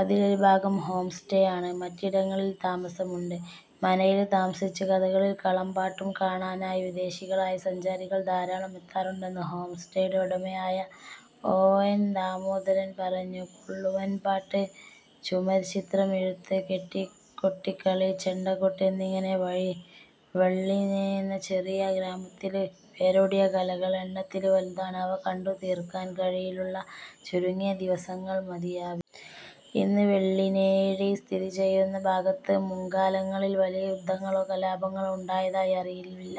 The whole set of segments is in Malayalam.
അതില് ഒരു ഭാഗം ഹോംസ്റ്റേ ആണ്. മറ്റിടങ്ങളില് താമസമുണ്ട്. മനയില് താമസിച്ച് കഥകളിയും കളംപാട്ടും കാണാനായി വിദേശികളായ സഞ്ചാരികള് ധാരാളം എത്താറുണ്ടെന്ന് ഹോംസ്റ്റേയുടെ ഉടമയായ ഒ. എന്. ദാമോദരന് പറഞ്ഞു. പുള്ളുവന്പാട്ട്, ചുമര്ച്ചിത്രമെഴുത്ത്, കൈകൊട്ടിക്കളി, ചെണ്ടകൊട്ട് എന്നിങ്ങനെ വെള്ളിനേഴിയെന്ന ചെറിയ ഗ്രാമത്തില് വേരോടിയ കലകള് എണ്ണത്തില് വലുതാണ്. അവ കണ്ടുതീര്ക്കാന് കയ്യിലുള്ള ചുരുങ്ങിയ ദിവസങ്ങള് മതിയാകില്ല. ഇന്ന് വെള്ളിനേഴി സ്ഥിതിചെയ്യുന്ന ഭാഗത്ത് മുന്കാലങ്ങളില് വലിയ യുദ്ധങ്ങളോ കലാപങ്ങളോ ഉണ്ടായതായി അറിവില്ല.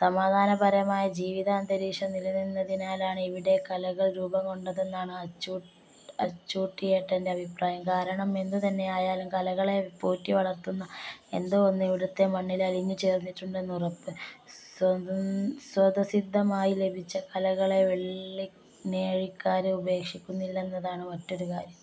സമാധാനപരമായ ജീവിതഅന്തരീക്ഷം നിലനിന്നതിനാലാണ് ഇവിടെ കലകള് രൂപംകൊണ്ടതെന്നാണ് അച്ചൂട്ടിയേട്ടന്റെ അഭിപ്രായം. കാരണം എന്തുതന്നെയായാലും കലകളെ പോറ്റിവളര്ത്തുന്ന എന്തോ ഒന്ന് ഇവിടുത്തെ മണ്ണില് അലിഞ്ഞുചേര്ന്നിട്ടുണ്ടെന്ന് ഉറപ്പ്. സ്വതസിദ്ധമായി ലഭിച്ച കലകളെ വെളളിനേഴിക്കാര് ഉപേക്ഷിക്കുന്നില്ലെന്നതാണ് മറ്റൊരു കാര്യം.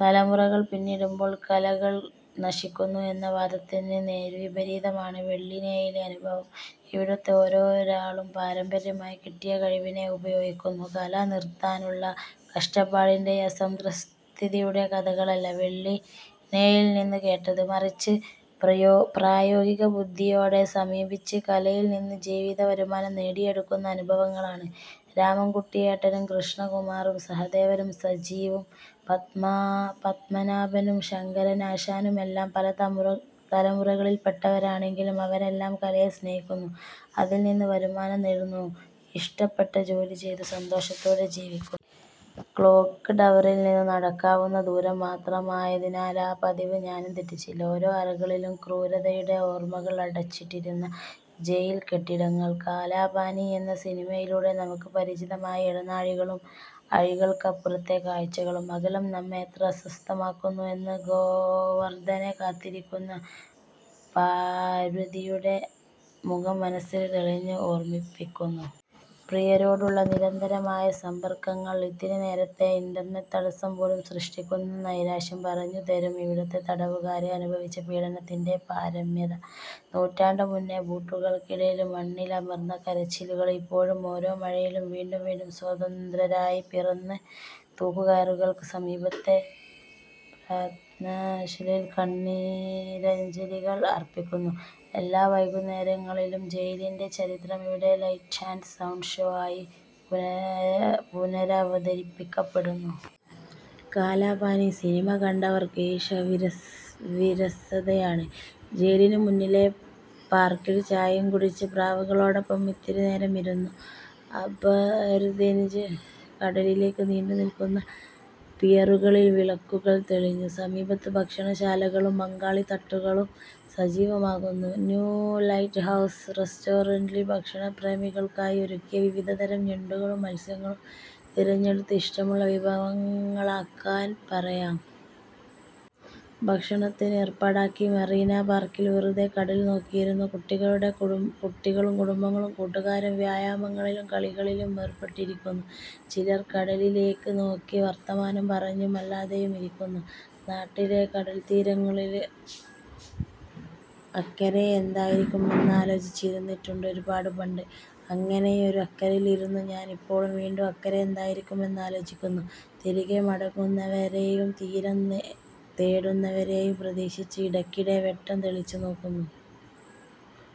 തലമുറകള് പിന്നിടുമ്പോള് കലകള് നശിക്കുന്നു എന്ന വാദത്തിന് നേര്വിപരീതമാണ് വെള്ളിനേഴിയിലെ അനുഭവം. ഇവിടുത്തെ ഓരോരാളും പാരമ്പര്യമായി കിട്ടിയ കഴിവിനെ ഉപയോഗിക്കുന്നു. കല നിലനിര്ത്താനുള്ള കഷ്ടപ്പാടിന്റെയോ അസംതൃപ്തിയുടെയോ കഥകളല്ല വെള്ളിനേഴിയില്നിന്ന് കേട്ടത്. മറിച്ച് പ്രായോഗികബുദ്ധിയോടെ സമീപിച്ച് കലയില്നിന്ന് ജീവിതവരുമാനം നേടിയെടുക്കുന്ന അനുഭവങ്ങളാണ്. രാമന്കുട്ടിയേട്ടനും കൃഷ്ണകുമാറും സഹദേവനും രാജീവും പത്മനാഭനും ശങ്കരനാശാനുമെല്ലാം പലതലമുറകളിപ്പെട്ടവരാണെങ്കിലും അവരെല്ലാം കലയെ സ്നേഹിക്കുന്നു, അതില്നിന്ന് വരുമാനം നേടുന്നു, ഇഷ്ടപ്പെട്ട ജോലി ചെയ്ത് സന്തോഷത്തോടെ ജീവിക്കുന്നു. ക്ലോക്ക് ടവറില്നിന്ന് നടക്കാവുന്ന ദൂരം മാത്രമായതിനാല് ആ പതിവ് ഞാനും തെറ്റിച്ചില്ല. ഓരോ അറകളിലും ക്രൂരതയുടെ ഓര്മകള് അടച്ചിട്ടിരിക്കുന്ന ജയില്കെട്ടിടങ്ങള്. കാലാപാനി എന്ന സിനിമയിലൂടെ നമുക്ക് പരിചിതമായ ഇടനാഴികളും അഴികള്ക്കപ്പുറത്തെ കാഴ്ചകളും. അകലം നമ്മെ എത്ര അസ്വസ്ഥമാക്കുന്നു എന്ന് ഗോവര്ധനെ കാത്തിരിക്കുന്ന പാര്വതിയുടെ മുഖം മനസ്സില് തെളിഞ്ഞ് ഓര്മിപ്പിക്കുന്നു. പ്രിയരോടുള്ള നിരന്തരമായ സമ്പര്ക്കങ്ങള്ക്ക് ഇത്തിരിനേരത്തെ ഇന്റര്നെറ്റ് തടസ്സംപോലും സൃഷ്ടിക്കുന്ന നൈരാശ്യം പറഞ്ഞുതരും ഇവിടുത്തെ തടവുകാര് അനുഭവിച്ച പീഡനത്തിന്റെ പാരമ്യത. നൂറ്റാണ്ട് മുന്നെ ബൂട്ടുകള്ക്കടിയില് മണ്ണിലമര്ന്ന കരച്ചിലുകള് ഇപ്പോഴും ഓരോ മഴയിലും വീണ്ടും വീണ്ടും സ്വതന്ത്രരായി പിറന്ന്, തൂക്കുകയറുകള്ക്ക് സമീപത്തെ പ്രാര്ഥനാശിലയില് കണ്ണീരഞ്ജലികള് അര്പ്പിക്കുന്നു. എല്ലാ വൈകുന്നേരങ്ങളിലും ജയിലിന്റെ ചരിത്രം ഇവിടെ ലൈറ്റ് ആന്ഡ് സൗണ്ട് ഷോ ആയി പുനരവതരിക്കപ്പെടുന്നുണ്ട്. കാലാപാനി സിനിമ കണ്ടവര്ക്ക് ഈ ഷോ വിരസതയാണ്. ജയിലിനു മുന്നിലെ പാര്ക്കില് ചായയും കുടിച്ച് പ്രാവുകളോടൊപ്പം ഇത്തിരിനേരം ഇരുന്നു. അബര്ദിന് കടലിലേക്ക് നീണ്ടുനില്ക്കുന്ന പിയറുകളില് വിളക്കുകള് തെളിഞ്ഞു. സമീപത്തെ ഭക്ഷണശാലകളും ബംഗാളി തട്ടുകടകളും സജീവമാകുന്നു. 'ന്യൂ ലൈറ്റ്ഹൗസ് റെസ്റ്റോറന്റില്' ഭക്ഷണപ്രേമികള്ക്കായി ഒരുക്കിയ വിവിധതരം ഞണ്ടുകളും മത്സ്യങ്ങളും തിരഞ്ഞെടുത്ത് ഇഷ്ടമുള്ള വിഭവങ്ങളാക്കാന് പറയാം. ഭക്ഷണത്തിന് ഏര്പ്പാടാക്കി മറീന പാര്ക്കില് വെറുതെ കടല് നോക്കിയിരുന്നു. കുട്ടികളും കുടുംബങ്ങളും കൂട്ടുകാരും വ്യായാമങ്ങളിലും കളികളിലും ഏര്പ്പെട്ടിരിക്കുന്നു. ചിലര് കടലിലേക്ക് നോക്കി വര്ത്തമാനം പറഞ്ഞും അല്ലാതെയും ഇരിക്കുന്നു. നാട്ടിലെ കടല്ത്തീരങ്ങളില് അക്കരെയെന്തായിരിക്കും എന്നാലോചിച്ച് ഇരുന്നിട്ടുണ്ട് ഒരുപാട് പണ്ട്. അങ്ങനെയൊരു അക്കരെയില് ഇരുന്നു ഞാന് ഇപ്പോള് വീണ്ടും അക്കരെ എന്തായിരിക്കും എന്നാലോചിക്കുന്നു. തിരികെ മടങ്ങുന്നവരെയും തീരം തേടുന്നവരെയും പ്രതീക്ഷിച്ച്, ഇടയ്ക്കിടെ വെട്ടം തെളിച്ചുനോക്കുന്നുണ്ട്